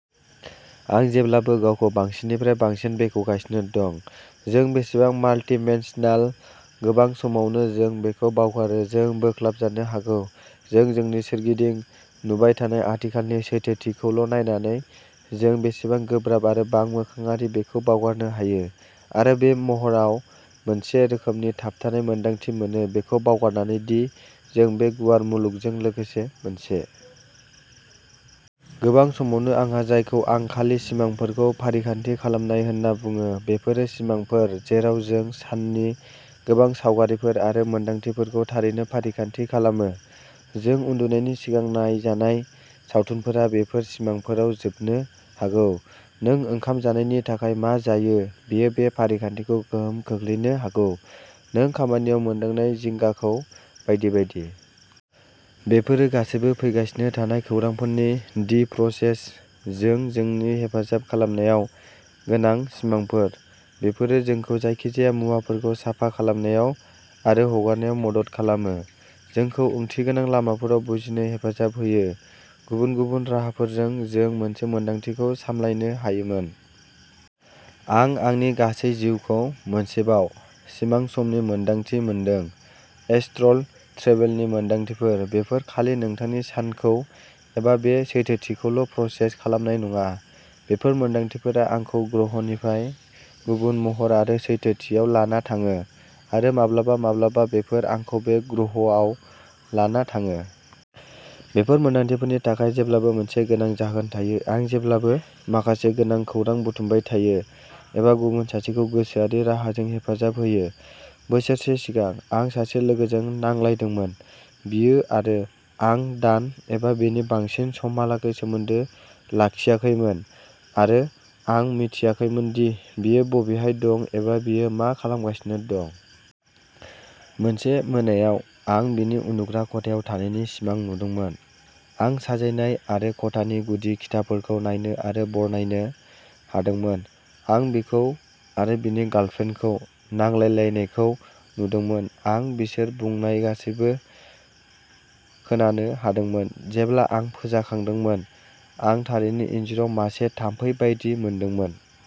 आं जेब्लाबो गावखौ बांसिननिफ्राय बांसिन बेखेवगासिनो दं, जों बेसेबां माल्टिमेन्सनाल। गोबां समावनो जों बेखौ बावगारो, जों बोख्लाबजानो हागौ। जों जोंनि सोरगिदिं नुबाय थानाय आथिखालनि सैथोथिखौल'नायनानै। जों बेसेबां गोब्राब आरो बांमोखाङारि बेखौ बावगारनो हायो आरो बे महरआव मोनसे रोखोमनि थाबथानाय मोन्दांथि मोनो, बेखौ बावगारनानै दि जों बे गुवार मुलुगजों लोगोसे मोनसे। गोबां समावनो आंहा जायखौ आं खालि सिमांफोरखौ फारिखान्थि खालामनाय होनना बुङो, बेफोरो सिमांफोर जेराव जों साननि गोबां सावगारिफोर आरो मोनदांथिफोरखौ थारैनो फारिखान्थि खालामो-जों उन्दुनायनि सिगां नायजानाय सावथुनफोरा बेफोर सिमांफोराव जोबनो हागौ, नों ओंखाम जानायनि थाखाय मा जायो बेयो बे फारिखान्थिखौ गोहोम खोख्लैनो हागौ, नों खामानियाव मोनदांनाय जिंगाखौ बायदि बायदि। बेफोरो गासैबो फैगासिनो थानाय खौरांफोरनि "दि प्रसेस" जों जोंनि हेफाजाब खालामनायाव गोनां सिमांफोर। बेफोरो जोंखौ जायखिजाया मुवाफोरखौ साफा खालामनायाव आरो हगारनायाव मदद खालामो, जोंखौ ओंथिगोनां लामाफोराव बुजिनो हेफाजाब होयो, गुबुन गुबुन राहाफोरजों जों मोनसे मोनदांथिखौ सामलायनो हायोमोन। आं आंनि गासै जिउखौ मोनसेबाव सिमां समनि मोनदांथि मोनदों। एस्ट्रल ट्रेभेलनि मोन्दांथिफोर। बेफोर खालि नोंथांनि सानखौ एबा बे सैथोथिखौल'प्रसेस खालामनाय नङा। बेफोर मोन्दांथिफोरा आंखौ ग्रहनिफ्राय गुबुन महर आरो सैथोथियाव लाना थाङो, आरो माब्लाबा-माब्लाबा बेफोर आंखौ बे ग्रहआव लाना थाङो। बेफोर मोन्दांथिफोरनि थाखाय जेब्लाबो मोनसे गोनां जाहोन थायो। आं जेब्लाबो माखासे गोनां खौरां बुथुमबाय थायो एबा गुबुन सासेखौ गोसोआरि राहाजों हेफाजाब होयो। बोसोरसे सिगां, आं सासे लोगोजों नांलायदोंमोन। बियो आरो आं दान एबा बेनि बांसिन समहालागै सोमोन्दो लाखियाखैमोन आरो आं मिथियाखैमोन दि बियो बबेहाय दं एबा बियो मा खालामगासिनो दं। मोनसे मोनायाव आं बिनि उन्दुग्रा खथायाव थानायनि सिमां नुदोंमोन। आं साजायनाय आरो खथानि गुदि खिथाफोरखौ नायनो आरो बरनायनो हादोंमोन। आं बिखौ आरो बिनि गार्लफ्रेन्डखौ नांलायलायनायखौ नुदोंमोन, आं बिसोर बुंनाय गासैबो खोनानो हादोंमोन। जेब्ला आं फोजाखांदोंमोन आं थारैनो इनजुराव मासे थाम्फै बायदि मोनदोंमोन।